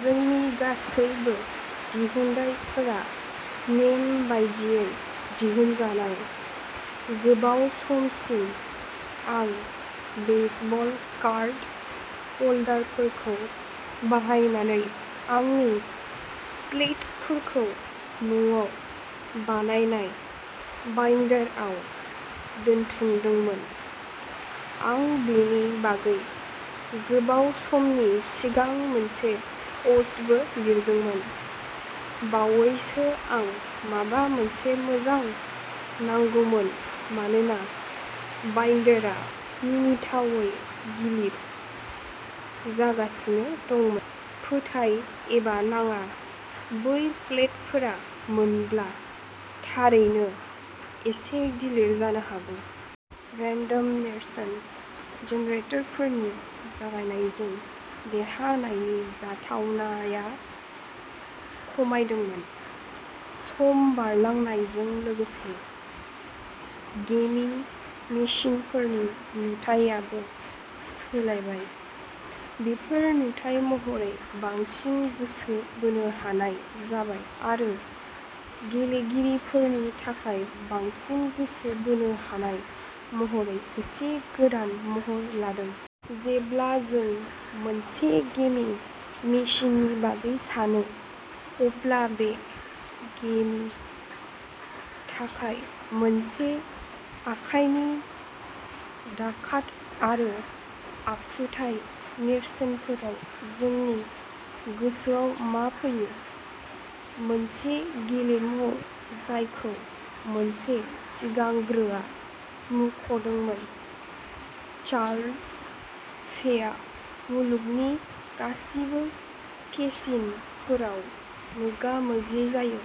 जोंनि गासैबो दिहुनथायफोरा नेम बायदियै दिहुनजानाय। गोबाव समसिम, आं बेसबल कार्ड ह'ल्डारफोरखौ बाहायनानै आंनि प्लेटफोरखौ न'आव बानायनाय बाइन्डाराव दोनथुमदोंमोन। आं बेनि बागै गोबाव समनि सिगां मोनसे प'स्टबो लिरदोंमोन। बावैसो आं माबा मोनसे मोजां नांगौमोन मानोना बाइन्डारआ मिनिथावै गिलिर जागासिनो दंमोन, फोथाय एबा नाङा बै प्लेटफोरा मोनब्ला थारैनो एसे गिलिर जानो हागौ! रेन्डम नेरसोन जेनेरेटरफोरनि जागायनायजों देरहानायनि जाथावनाया खमायदोंमोन। सम बारलांनायजों लोगोसे गेमिं मिसिनफोरनि नुथाइआबो सोलायबाय। बेफोर नुथाइ महरै बांसिन गोसो बोनो हानाय जाबाय आरो गेलेगिरिफोरनि थाखाय बांसिन गोसो बोनो हानाय महरै एसे गोदान महर लादों। जेब्ला जों मोनसे गेमिं मेसिननि बागै सानो, अब्ला बे गेमनि थाखाय मोनसे आखाइनि डाकात आरो आखुथाय नेरसोनफोराव जोंनि गोसोआव मा फैयो। मोनसे गेलेमु जायखौ मोनसे सिगांग्रोआ मुंख'दोंमोन, चार्ल्स फेआ मुलुगनि गासिबो केसिन'फोराव मोगा-मोगि जायो।